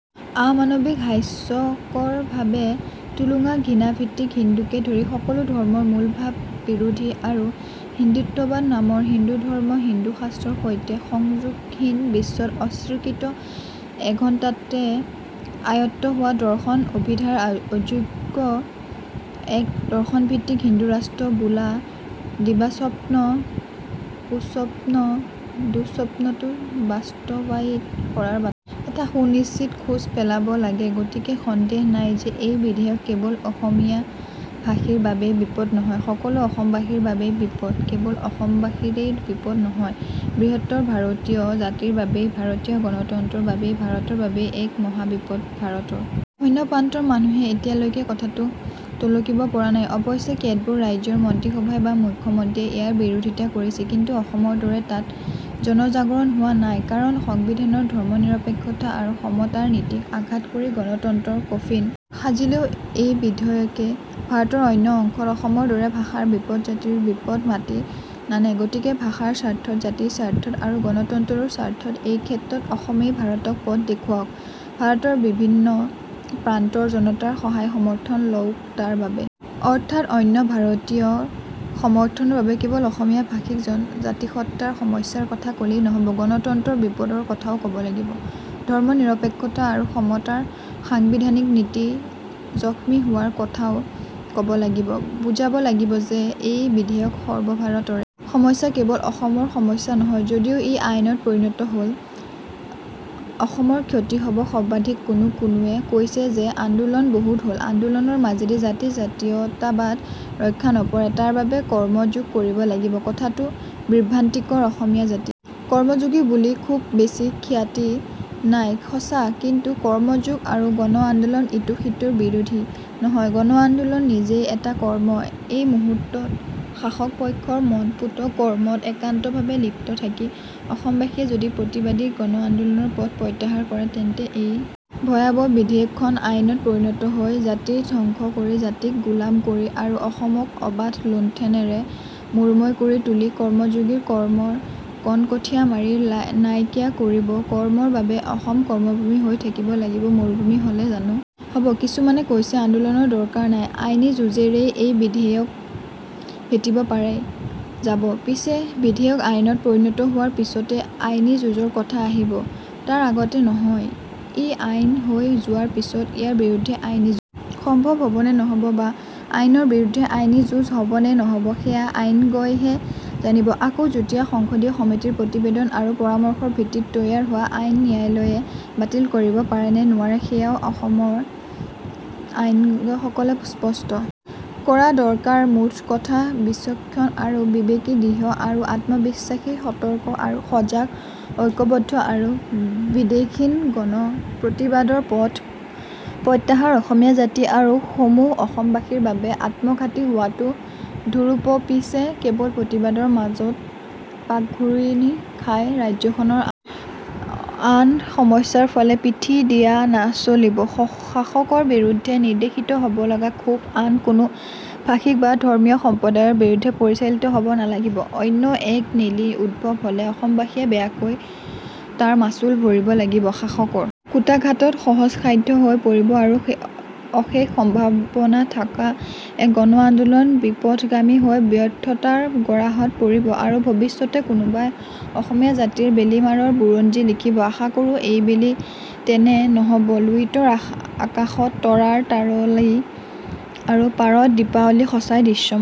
আমানৱিক হাস্যকৰভাৱে টুলুঙা ঘৃণাভিত্তিক হিন্দুকে ধৰি সকলো ধৰ্মৰ মূলভাববিৰোধী আৰু হিন্দুত্ববাদ নামৰ হিন্দুধৰ্মহিন্দুশাস্ত্ৰৰ সৈতে সংযোগহীন বিশ্বত অস্বীকৃত এঘণ্টাতে আয়ত্ত হোৱা দৰ্শন অভিধাৰ অযোগ্য এক দৰ্শনভিত্তিক হিন্দুৰাষ্ট্ৰ বোলা দিবাস্বপ্ন কুস্বপ্ন দুঃস্বপ্নটো বাস্তৱায়িত কৰাৰ বাটত এটা সুনিশ্চিত খোজ পেলাব লাগেগতিকে সন্দেহ নাই যে এই বিধেয়ক কেৱল অসমীয়াভাষীৰ বাবেই বিপদ নহয় সকলো অসমবাসীৰ বাবেই বিপদকেৱল অসমবাসীৰেই বিপদ নহয় বৃ্হত্তৰ ভাৰতীয় জাতিৰ বাবেই ভাৰতীয় গণতন্ত্ৰৰ বাবেই ভাৰতৰ বাবেই এক মহাবিপদভাৰতৰ অন্য প্ৰান্তৰ মানুহে এতিয়ালৈকে কথাটো টলকিব পৰা নাইঅৱশ্যে কেতবোৰ ৰাজ্যৰ মন্ত্ৰীসভাই বা মুখ্য মন্ত্ৰীয়ে ইয়াৰ বিৰোধিতা কৰিছে কিন্তু অসমৰ দৰে তাত জনজাগৰণ হোৱা নাইকাৰণ সংবিধানৰ ধৰ্মনিৰপেক্ষতা আৰু সমতাৰ নীতিক আঘাত কৰি গণতন্ত্ৰৰ কফিন সাজিলেও এই বিধেয়কে ভাৰতৰ অন্য অংশত অসমৰ দৰে ভাষাৰ বিপদ জাতিৰ বিপদ মাতি নানেগতিকে ভাষাৰ স্বাৰ্থত জাতিৰ স্বাৰ্থত আৰু গণতন্ত্ৰৰো স্বাৰ্থত এইক্ষেত্ৰত অসমেই ভাৰতক পথ দেখুৱাওক ভাৰতৰ ভিন্ন প্ৰান্তৰ জনতাৰ সহায়সমৰ্থন লওকতাৰ বাবে অৰ্থাৎ অন্য ভাৰতীয়ৰ সমৰ্থনৰ বাবে কেৱল অসমীয়া ভাষিক জাতিসত্ত্বাৰ সমস্যাৰ কথা কলেই নহব গণতন্ত্ৰৰ বিপদৰ কথাও কব লাগিব ধৰ্মনিৰপেক্ষতা আৰু সমতাৰ সাংবিধানিক নীতি জখমী হোৱাৰ কথাও কব লাগিববুজাব লাগিব যে এই বিধেয়ক সৰ্বভাৰতৰে সমস্যা কেৱল অসমৰ সমস্যা নহয় যদিও ই আইনত পৰিণত হলে অসমৰে ক্ষতি হব সৰ্বাধিককোনো কোনোৱে কৈছে যে আন্দোলন বহুত হল আন্দোলনৰ মাজেদি জাতি জাতীয়তাবাদ ৰক্ষা নপৰে তাৰ বাবে কৰ্মযোগ কৰিব লাগিবকথাটো বিভ্ৰান্তিকৰঅসমীয়া জাতি কৰ্মযোগী বুলি খুব বেছি খিয়াতি নাই সঁচাকিন্তু কৰ্মযোগ আৰু গণআন্দোলন ইটো সিটোৰ বিৰোধী নহয়গণআন্দোলন নিজেই এটা কৰ্মএই মুহূৰ্তত শাসকপক্ষৰ মনঃপূত কৰ্মত একান্তভাৱে লিপ্ত থাকি অসমবাসীয়ে যদি প্ৰতিবাদী গণআন্দোলনৰ পথ প্ৰত্যাহাৰ কৰে তেন্তে এই ভয়াবহ বিধেয়কখন আইনত পৰিণত হৈ জাতি ধ্বংস কৰি জাতিক গোলাম কৰি আৰু অসমক অবাধ লুণ্ঠনেৰে মৰুময় কৰি তুলি কৰ্মযোগীৰ কৰ্মৰ কণকঠীয়া মাৰি নাইকিয়া কৰিবকৰ্মৰ বাবে অসম কৰ্মভূমি হৈ থাকিব লাগিব মৰুভূমি হলে জানো হব কিছুমানে কৈছে আন্দোলনৰ দৰকাৰ নাই আইনী যুঁজেৰেই এই বিধেয়ক ভেটিব পৰা যাবপিছে বিধেয়ক আইনত পৰিণত হোৱাৰ পিছতহে আইনী যুঁজৰ কথা আহিব তাৰ আগতে নহয়ই আইন হৈ যোৱাৰ পিছত ইয়াৰ বিৰুদ্ধে আইনী যুঁজ সম্ভৱ হবনে নহব বা আইনৰ বিৰুদ্ধে আইনী যুঁজ হব নে নাই সেয়া আইনজ্ঞইহে জানিবআকৌ যুটীয়া সংসদীয় সমিতিৰ প্ৰতিবেদন আৰু পৰামৰ্শৰ ভিত্তিত তৈয়াৰ হোৱা আইন ন্যায়ালয়ে বাতিল কৰিব পাৰেনে নোৱাৰে সেয়াও আমাৰ আইনজ্ঞসকলে স্পষ্ট কৰা দৰকাৰমুঠকথা বিচক্ষণ আৰু বিবেকী দৃঢ় আৰু আত্মবিশ্বাসী সতৰ্ক আৰু সজাগ ঐক্যবদ্ধ আৰু বিদ্বেষহীন গণপ্ৰতিবাদৰ পথ প্ৰত্যাহাৰ অসমীয়া জাতি আৰু সমূহ অসমবাসীৰ বাবে আত্মঘাতী হোৱাটো ধুৰূপপিছে কেৱল প্ৰতিবাদৰ মাজত পাকঘূৰণি খাই ৰাজ্যখনৰ আন আন সমস্যাৰ ফালে পিঠি দিয়া নচলিব শাসকৰ বিৰুদ্ধে নিৰ্দেশিত হব লগা ক্ষোভ আন কোনো ভাষিক বা ধৰ্মীয় সম্প্ৰদায়ৰ বিৰুদ্ধে পৰিচালিত হব নালাগিবঅন্য এক নেলী উদ্ভৱ হলে অসমবাসীয়ে বেয়াকৈ তাৰ মাচুল ভৰিব লাগিব শাসকৰ কূটাঘাত সহজসাধ্য হৈ পৰিব আৰু অশেষ সম্ভাৱনা থকা এক গণআন্দোলন বিপথগামী হৈ ব্যৰ্থতাৰ গৰাহত পৰিব আৰু ভৱিষ্যতে কোনোবাই অসমীয়া জাতিৰ বেলিমাৰৰ বুৰঞ্জী লিখিবআশাকৰোঁ এইবেলি তেনে নহবলুইতৰ আকাশত তৰাৰ তৰাৱলী আৰু পাৰত দীপাৱলী সঁচাই দৃশ্যমান হব